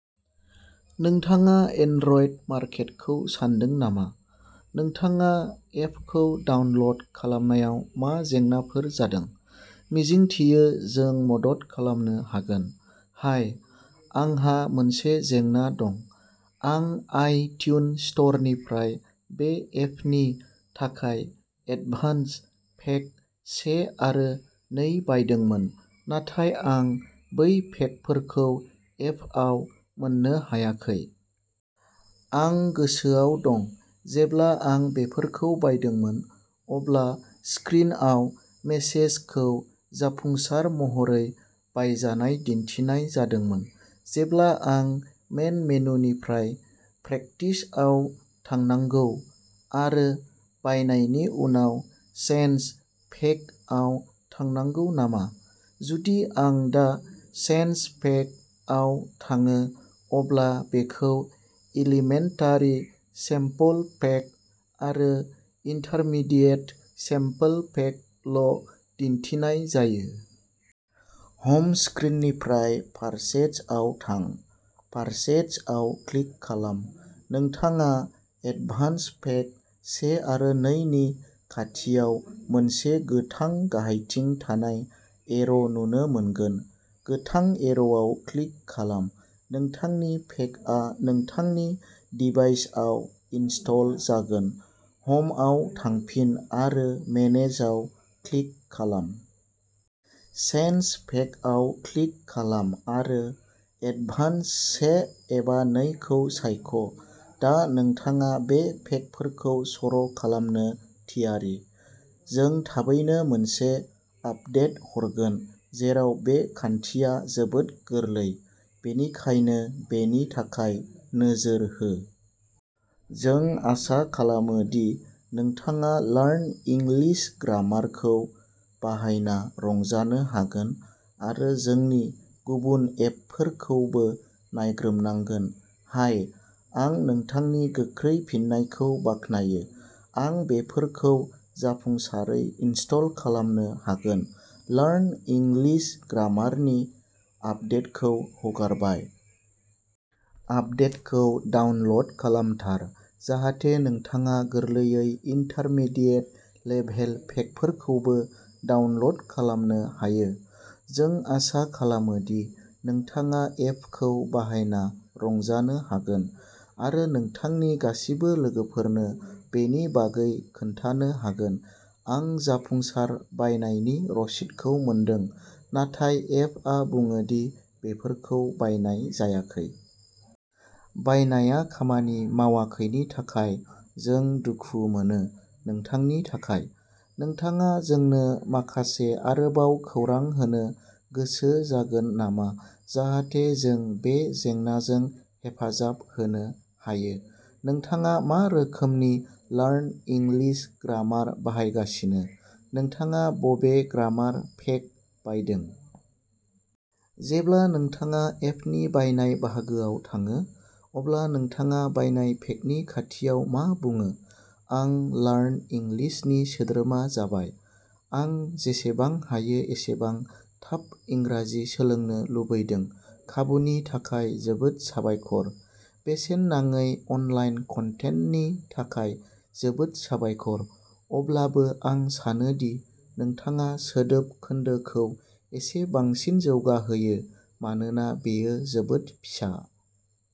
नोंथाङा एन्ड्रइड मार्केटखौ सान्दों नामा? नोंथाङा एपखौ डाउनल'ड खालामनायाव मा जेंनाफोर जादों? मिजिंथियो जों मदद खालामनो हागोन! हाय, आंहा मोनसे जेंना दं। आं आइ ट्यून स्ट'रनिफ्राय बे एपनि थाखाय एडभान्स पेक से आरो नै बायदोंमोन, नाथाय आं बै पेकफोरखौ एपआव मोननो हायाखै। आं गोसोआव दं जेब्ला आं बेफोरखौ बायदोंमोन अब्ला स्क्रिनआव मेसेजखौ "जाफुंसार महरै बायजानाय" दिन्थिनाय जादोंमोन। जेब्ला आं मेन मेनुनिफ्राय "प्रेकटिस" आव थांनांगौ, आरो बायनायनि उनाव "चेन्ज पेक" आव थांनांगौ नामा? जुदि आं दा "चेन्ज पेक" आव थाङो, अब्ला बेखौ "इलिमेन्टारि सेम्पल पेक" आरो "इन्टारमिडियेट सेम्पल पेक" ल' दिन्थिनाय जायो। हम स्क्रिननिफ्राय पारचेजआव थां। पारचेजआव क्लिक खालाम। नोंथाङा एडभान्स पेक से आरो नै नि खाथियाव मोनसे गोथां गाहायथिं थानाय एर' नुनो मोनगोन। गोथां एर'आव क्लिक खालाम नोंथांनि पेकआ नोंथांनि दिभाइसआव इनस्टल जागोन। हमआव थांफिन आरो मेनेजाव क्लिक खालाम। चेन्ज पेकआव क्लिक खालाम आरो एडभान्स से एबा नै खौ सायख'। दा नोंथाङा बे पेकफोरखौ सर' खालामनो थियारि! जों थाबैनो मोनसे आपदेट हरगोन जेराव बे खान्थिया जोबोद गोरलै, बेनिखायनो बेनि थाखाय नोजोर हो! जों आसा खालामो दि नोंथाङा लार्न इंलिश ग्रामारखौ बाहायना रंजानो हागोन आरो जोंनि गुबुन एपफोरखौबो नायग्रोमनांगोन। हाय, आं नोंथांनि गोख्रै फिननायखौ बाख्नायो। आं बेफोरखौ जाफुंसारै इनस्टल खालामनो हागोन! लार्न इंलिश ग्रामारनि आपदेटखौ हगारबाय! आपदेटखौ डाउनल'ड खालामथार जाहाथे नोंथाङा गोरलैयै इन्टारमिडियेत लेभेल पेकफोरखौबो डाउनल'ड खालामनो हायो। जों आसा खालामो दि नोंथाङा एपखौ बाहायना रंजानो हागोन आरो नोंथांनि गासिबो लोगोफोरनो बेनि बागै खोन्थानो हागोन! आं जाफुंसार बायनायनि रसिदखौ मोनदों, नाथाय एपआ बुङोदि बेफोरखौ बायनाय जायाखै। बायनाया खामानि मावाखैनि थाखाय जों दुखु मोनो। नोंथांनि थाखाय। नोंथाङा जोंनो माखासे आरोबाव खौरां होनो गोसो जागोन नामा जाहाथे जों बे जेंनाजों हेफाजाब होनो हायो? नोंथाङा मा रोखोमनि लार्न इंग्लिश ग्रामार बाहायगासिनो? नोंथाङा बबे ग्रामार पेक बायदों? जेब्ला नोंथाङा एपनि बायनाय बाहागोआव थाङो, अब्ला नोंथाङा बायनाय पेकनि खाथियाव मा बुङो? आं लार्न इंग्लिशनि सोद्रोमा जाबाय। आं जेसेबां हायो एसेबां थाब इंराजि सोलोंनो लुबैदों। खाबुनि थाखाय जोबोद साबायखर। बेसेन नाङै अनलाइन कन्टेन्टनि थाखाय जोबोद साबायखर, अब्लाबो आं सानो दि नोंथाङा सोदोब खोन्दोखौ एसे बांसिन जौगाहोयो मानोना बेयो जोबोद फिसा।